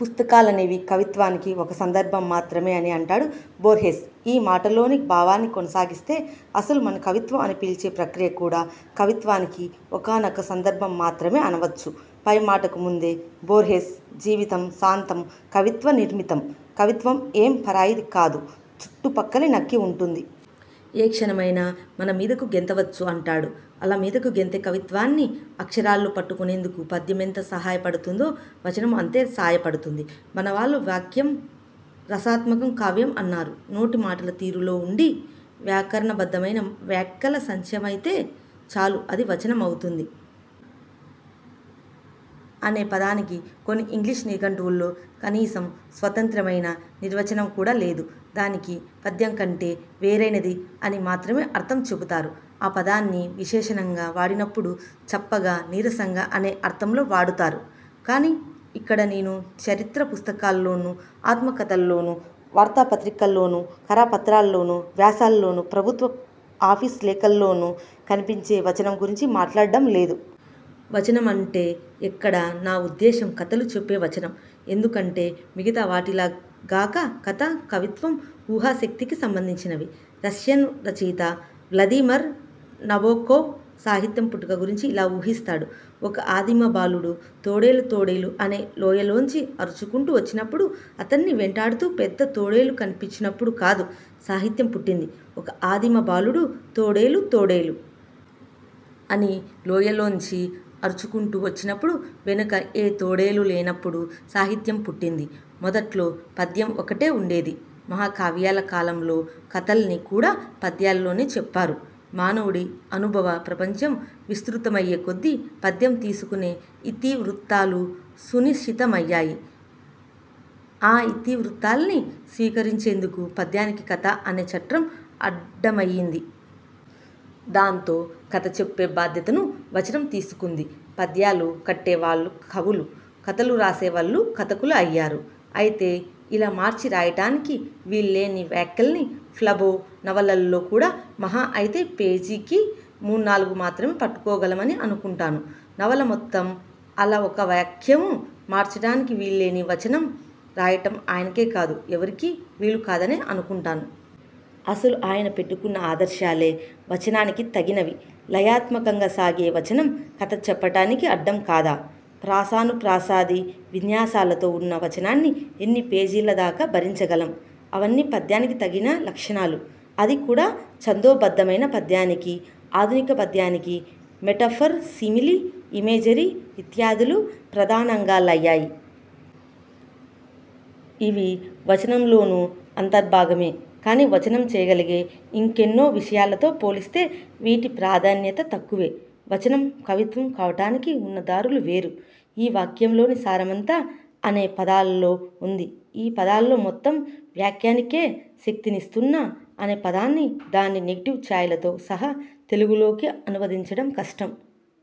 "పుస్తకాలనేవి కవిత్వానికి ఒక సందర్భం మాత్రమే'' అని అంటాడు బోర్హెస్. ఈ మాటలోని భావాన్ని కొనసాగిస్తే, అసలు మనం కవిత్వం అని పిలిచే ప్రక్రియ కూడా కవిత్వానికి ఒకానొక సందర్భం మాత్రమే అనవచ్చు. పై మాటకు ముందే బోర్హెస్, ''జీవితం సాంతం కవిత్వ నిర్మితం. కవిత్వమ్ ఎం పరాయిది కాదు, చుట్టుపక్కలే నక్కి వుంటుంది. ఏ క్షణమైనా మన మీదకు గెంతవచ్చు'' అంటాడు. అలా మీదకు గెంతే కవిత్వాన్ని అక్షరాల్లో పట్టుకునేందుకు పద్యమెంత సాయపడుతుందో, వచనమూ అంతే సాయపడుతుంది. మనవాళ్లు ''వాక్యం రసాత్మకం కావ్యం'' అన్నారు. నోటి మాటల తీరులో ఉండి, వ్యాకరణబద్ధమైన వ్యాక్కల సత్యమైతే చాలు అది వచనం అవుతుంది. ' అనే పదానికి కొన్ని ఇంగ్లీష్ నిఘంటువుల్లో కనీసం స్వతంత్రమైన నిర్వచనం కూడా లేదు. దానికి పద్యం కంటే వేరైనది అని మాత్రమే అర్థం చెబుతారు. ఆ పదాన్ని విశేషణంగా వాడినపుడు 'చప్పగా', 'నీరసంగా' అనే అర్థంలో వాడతారు. కానీ ఇక్కడ నేను చరిత్ర పుస్తకాల్లోనూ, ఆత్మకథల్లోనూ, వార్తాపత్రికల్లోనూ, కరపత్రాల్లోనూ, వ్యాసాల్లోనూ, ప్రభుత్వ ఆఫీసు లేఖల్లోనూ కనిపించే వచనం గురించి మాట్లాడటం లేదు. వచనం అంటే ఇక్కడ నా ఉద్దేశం కథలు చెప్పే వచనం. ఎందుకంటే, మిగతావాటిలా గాక కథా, కవిత్వమూ ఊహాశక్తికి సంబంధించినవి. రష్యన్ రచయిత వ్లదీమర్ నవోకో సాహిత్యం పుట్టుక గురించి ఇలా ఊహిస్తాడు ''ఒక ఆదిమ బాలుడు 'తోడేలు తోడేలు! ' అని లోయలోంచి అరుచుకుంటూ వచ్చినప్పుడూ, అతడ్ని వెంటాడుతూ పెద్ద తోడేలు కనిపించినప్పుడూ కాదు సాహిత్యం పుట్టింది ఒక ఆదిమ బాలుడు 'తోడేలు తోడేలు! ' అని లోయలోంచి అరుచుకుంటూ వచ్చినప్పుడూ, వెనక ఏ తోడేలూ లేనప్పుడూ సాహిత్యం పుట్టింది. '' మొదట్లో పద్యం ఒక్కటే ఉండేది. మహాకావ్యాల కాలంలో కథల్ని కూడా పద్యాల్లోనే చెప్పారు. మానవుడి అనుభవ ప్రపంచం విస్తృతమయ్యే కొద్దీ పద్యం తీసుకునే ఇతివృ త్తాలు సునిశితమయ్యాయి. ఆ ఇతివృత్తాల్ని స్వీకరించేందుకు పద్యానికి కథ అనే చట్రం అడ్డమయ్యింది. దాంతో కథ చెప్పే బాధ్యతను వచనం తీసుకుంది. పద్యాలు కట్టేవాళ్ళు కవులూ, కథలు రాసేవాళ్ళు కథకులూ అయ్యారు. అయితే ఇలా మార్చి రాయటానికి వీల్లేని వ్యాక్కల్ని ఫ్లబూ నవలల్లో కూడా మహా అయితే పేజీకి మూణ్ణాలుగు మాత్రమే పట్టుకోగలమని అనుకుంటాను. నవల మొత్తం అలా ఒక్క వ్యాక్యం ''మార్చటానికి వీల్లేని'' వచనం రాయటం ఆయనకే కాదు, ఎవరికీ వీలు కాదనే అనుకుంటాను. అసలు ఆయన పెట్టుకున్న ఆదర్శాలే వచనానికి తగినివి. లయాత్మకతంగా సాగే వచనం కథ చెప్పటానికి అడ్డం కాదా? ప్రాసానుప్రాసాది విన్యాసాలతో వున్న వచనాన్ని ఎన్ని పేజీల దాకా భరించగలం? అవన్నీ పద్యానికి తగిన లక్షణాలు. అది కూడా ఛందోబద్ధమైన పద్యానికి. ఆధునిక పద్యానికి మెటఫర్, సిమిలీ, ఇమేజరీ ఇత్యాదులు ప్రధానాంగలయ్యాయి. ఇవి వచనంలోనూ అంతర్భాగమే. కానీ వచనం చేయగలిగే ఇంకెన్నో విషయాలతో పోలిస్తే వీటి ప్రాధాన్యత తక్కువే. వచనం కవిత్వం కావటానికి ఉన్న దారులు వేరు. ఈ వాక్యంలోని సారమంతా ""'' అనే పదాల్లో ఉంది. ఈ పదాల్లో మొత్తం వ్యాక్యానికే శక్తినిస్తున్న ""'' అనే పదాన్ని దాని నెగెటివ్ ఛాయలతో సహా తెలుగులోకి అనువదించటం కష్టం"